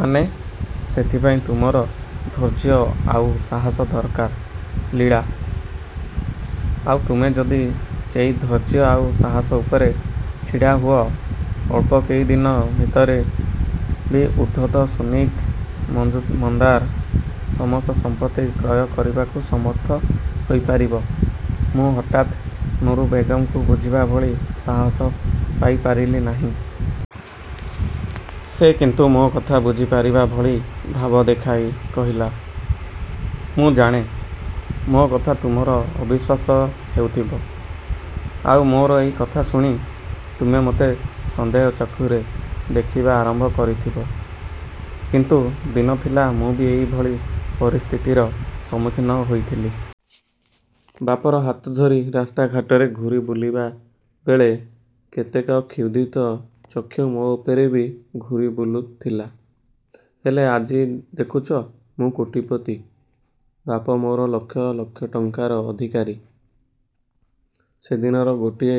ମାନେ? ସେଥିପାଇଁ ତୁମର ଧୈର୍ଯ୍ୟ ଆଉ ସାହସ ଦରକାର ଲୀଳା। ଆଉ ତୁମେ ଯଦି ସେହି ଧୈର୍ଯ୍ୟ ଆଉ ସାହସ ଉପରେ ଛିଡ଼ା ହୁଅ, ଅଳ୍ପ କେଇଦିନ ଭିତରେ ବି ଉଦ୍ଧତ ସୁନୀତି ମଜୁମଦାରର ସମସ୍ତ ସମ୍ପତ୍ତି କ୍ରୟ କରିବାକୁ ସମର୍ଥ ହୋଇପାରିବ। ମୁଁ ହଠାତ୍ ନୁରୁ ବେଗମ୍‌କୁ ବୁଝିବା ଭଳି ସାହସ ପାଇପାରିଲି ନାହିଁ। ସେ କିନ୍ତୁ ମୋ କଥା ବୁଝିପାରିବା ଭଳି ଭାବ ଦେଖାଇ କହିଲା, ମୁଁ ଜାଣେ, ମୋ କଥା ତୁମର ଅବିଶ୍ୱାସ ହେଉଥିବ। ଆଉ ମୋର ଏଇ କଥା ଶୁଣି ତୁମେ ମୋତେ ସନ୍ଦେହ ଚକ୍ଷୁରେ ଦେଖିବା ଆରମ୍ଭ କରିଥିବ। କିନ୍ତୁ ଦିନ ଥିଲା, ମୁଁ ବି ଏହିଭଳି ପରିସ୍ଥିତିର ସମ୍ମୁଖୀନ ହୋଇଥିଲି। ବାପର ହାତ ଧରି ରାସ୍ତା ଘାଟରେ ଘୂରି ବୁଲିବା ବେଳେ କେତେକ କ୍ଷୁଧିତ ଚକ୍ଷୁ ମୋ ଉପରେ ବି ଘୂରି ବୁଲୁଥିଲା। ହେଲେ, ଆଜି ଦେଖୁଛ ମୁଁ କୋଟିପତି ବାପ ମୋର ଲକ୍ଷ ଲକ୍ଷ ଟଙ୍କାର ଅଧିକାରୀ। ସେଦିନର ଗୋଟିଏ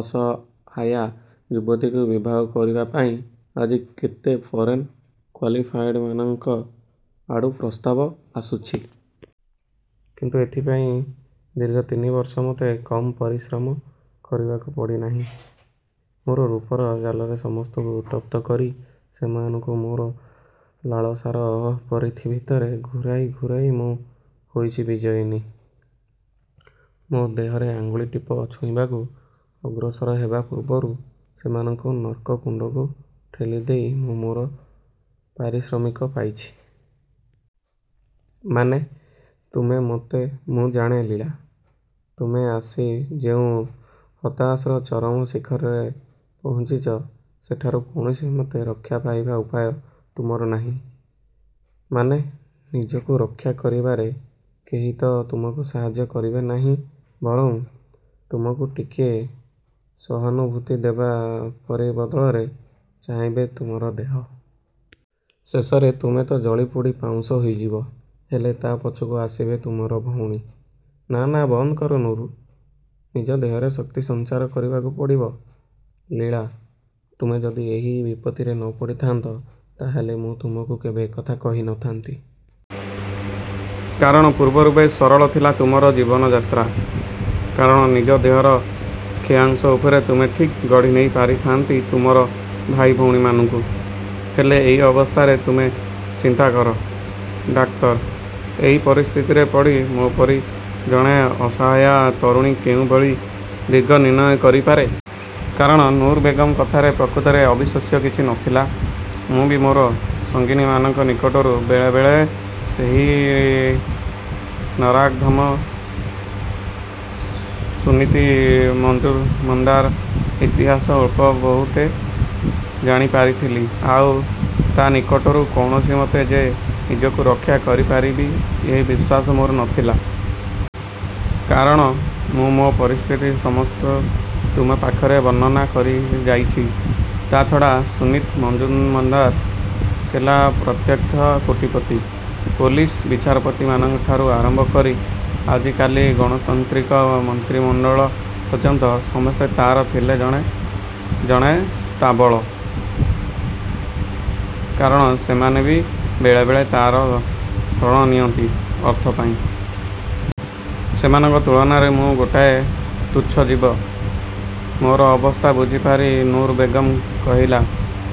ଅସହାୟା ଯୁବତୀକୁ ବିବାହ କରିବା ପାଇଁ ଆଜି କେତେ ଫରେନ୍ କ୍ୱାଲିଫାଏଡ୍‌ମାନଙ୍କ ଆଡ଼ୁ ପ୍ରସ୍ତାବ ଆସୁଛି। କିନ୍ତୁ ଏଥିପାଇଁ ଦୀର୍ଘ ତିନି ବର୍ଷ ମୋତେ କମ୍ ପରିଶ୍ରମ କରିବାକୁ ପଡ଼ିନାହିଁ। ମୋର ରୂପର ଜାଲରେ ସମସ୍ତଙ୍କୁ ଉତ୍ତପ୍ତ କରି, ସେମାନଙ୍କୁ ମୋର ଲାଳସାର ପରିଧି ଭିତରେ ଘୂରାଇ ଘୂରାଇ ମୁଁ ହୋଇଛି ବିଜୟିନୀ। ମୋ ଦେହରେ ଆଙ୍ଗୁଳି ଟିପ ଛୁଇଁବାକୁ ଅଗ୍ରସର ହେବା ପୂର୍ବରୁ ସେମାନଙ୍କୁ ନର୍କ କୁଣ୍ଡକୁ ଠେଲିଦେଇ ମୁଁ ମୋର ପାରିଶ୍ରମିକ ପାଇଛି। ମାନେ ତୁମେ ମୋତେ ମୁଁ ଜାଣେ ଲୀଳା ତୁମେ ଆସି ଯେଉଁ ହତାଶାର ଚରମ ଶିଖରରେ ପହଞ୍ଚିଛ, ସେଠାରୁ କୌଣସିମତେ ରକ୍ଷା ପାଇବାର ଉପାୟ ତୁମର ନାହିଁ। ମାନେ ନିଜକୁ ରକ୍ଷା କରିବାରେ କେହି ତ ତୁମକୁ ସାହାଯ୍ୟ କରିବେ ନାହିଁ; ବରଂ ତୁମକୁ ଟିକିଏ ସହାନୁଭୂତି ଦେବା ପ୍ରତିବଦଳରେ ଚାହିଁବେ ତୁମର ଦେହ। ଶେଷରେ ତୁମେ ତ ଜଳିପୋଡ଼ି ପାଉଁଶ ହୋଇଯିବ, ହେଲେ, ତା ପଛକୁ ଆସିବେ ତୁମର ଭଉଣୀ ନା, ନା ବନ୍ଦ କର ନୁରୁ। ନିଜ ଦେହରେ ଶକ୍ତି ସଞ୍ଚାର କରିବାକୁ ପଡ଼ିବ, ଲୀଳା। ତୁମେ ଯଦି ଏହି ବିପତ୍ତିରେ ନ ପଡ଼ିଥାଆନ୍ତ, ତା ହେଲେ ମୁଁ ତୁମକୁ କେବେ ଏ କଥା କହିନଥାନ୍ତି। କାରଣ, ପୂର୍ବରୁ ବେଶ୍ ସରଳ ଥିଲା ତୁମର ଜୀବନଯାତ୍ରା। କାରଣ ନିଜ ଦେହର କ୍ଷୟାଂଶ ଉପରେ ତୁମେ ଠିକ୍ ଗଢ଼ିନେଇ ପାରିଥାଆନ୍ତି ତୁମର ଭାଇ ଭଉଣୀମାନଙ୍କୁ। ହେଲେ ଏହି ଅବସ୍ଥାରେ ତୁମେ ଚିନ୍ତାକର ଡାକ୍ଟର, ଏହି ପରିସ୍ଥିତିରେ ପଡ଼ି ମୋ ପରି ଜଣେ ଅସହାୟା ତରୁଣୀ କେଉଁଭଳି ଦିଗନିର୍ଣ୍ଣୟ କରିପାରେ? କାରଣ ନୁରୁ ବେଗମ୍‌ଙ୍କ କଥାରେ ପ୍ରକୃତରେ ଅବିଶ୍ୱାସ୍ୟ କିଛି ନଥିଲା। ମୁଁ ବି ମୋର ସଙ୍ଗିନୀମାନଙ୍କ ନିକଟରୁ ବେଳେ ବେଳେ ସେହି ନରାଧମ ସୁନୀତି ମଜୁମଦାରର ଇତିହାସ ଅଳ୍ପ ବହୁତେ ଜାଣିପାରିଥିଲି। ଆଉ ତା ନିକଟରୁ କୌଣସିମତେ ଯେ ନିଜକୁ ରକ୍ଷା କରିପାରିବି ଏ ବିଶ୍ୱାସ ମୋର ନଥିଲା। କାରଣ, ମୁଁ ମୋ ପରିସ୍ଥିତି ସମସ୍ତ ତୁମ ପାଖରେ ବର୍ଣ୍ଣନା କରିଯାଇଛି। ତା ଛଡ଼ା ସୁନୀତି ମଜୁମଦାର ଥିଲା ପ୍ରଖ୍ୟାତ କୋଟିପତି। ପୋଲିସ, ବିଚାରପତିମାନଙ୍କଠାରୁ ଆରମ୍ଭ କରି, ଆଜିକାଲି ଗଣତାନ୍ତ୍ରିକ ମନ୍ତ୍ରିମଣ୍ଡଳଙ୍କ ପର୍ଯ୍ୟନ୍ତ, ସମସ୍ତେ ତାର ଥିଲେ ଜଣେ ଜଣେ ସ୍ତାବକ। କାରଣ ସେମାନେ ବି ବେଳେ ବେଳେ ତାର ଶରଣ ନିଅନ୍ତି ଅର୍ଥ ପାଇଁ। ସେମାନଙ୍କ ତୁଳନାରେ ମୁଁ ଗୋଟାଏ ତୁଚ୍ଛ ଜୀବ। ମୋର ଅବସ୍ଥା ବୁଝିପାରି ନୁରୁ ବେଗମ୍ କହିଲା,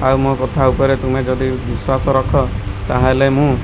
ଆଉ ମୋ କଥା ଉପରେ ତୁମେ ଯଦି ବିଶ୍ୱାସ ରଖ, ତା ହେଲେ ମୁଁ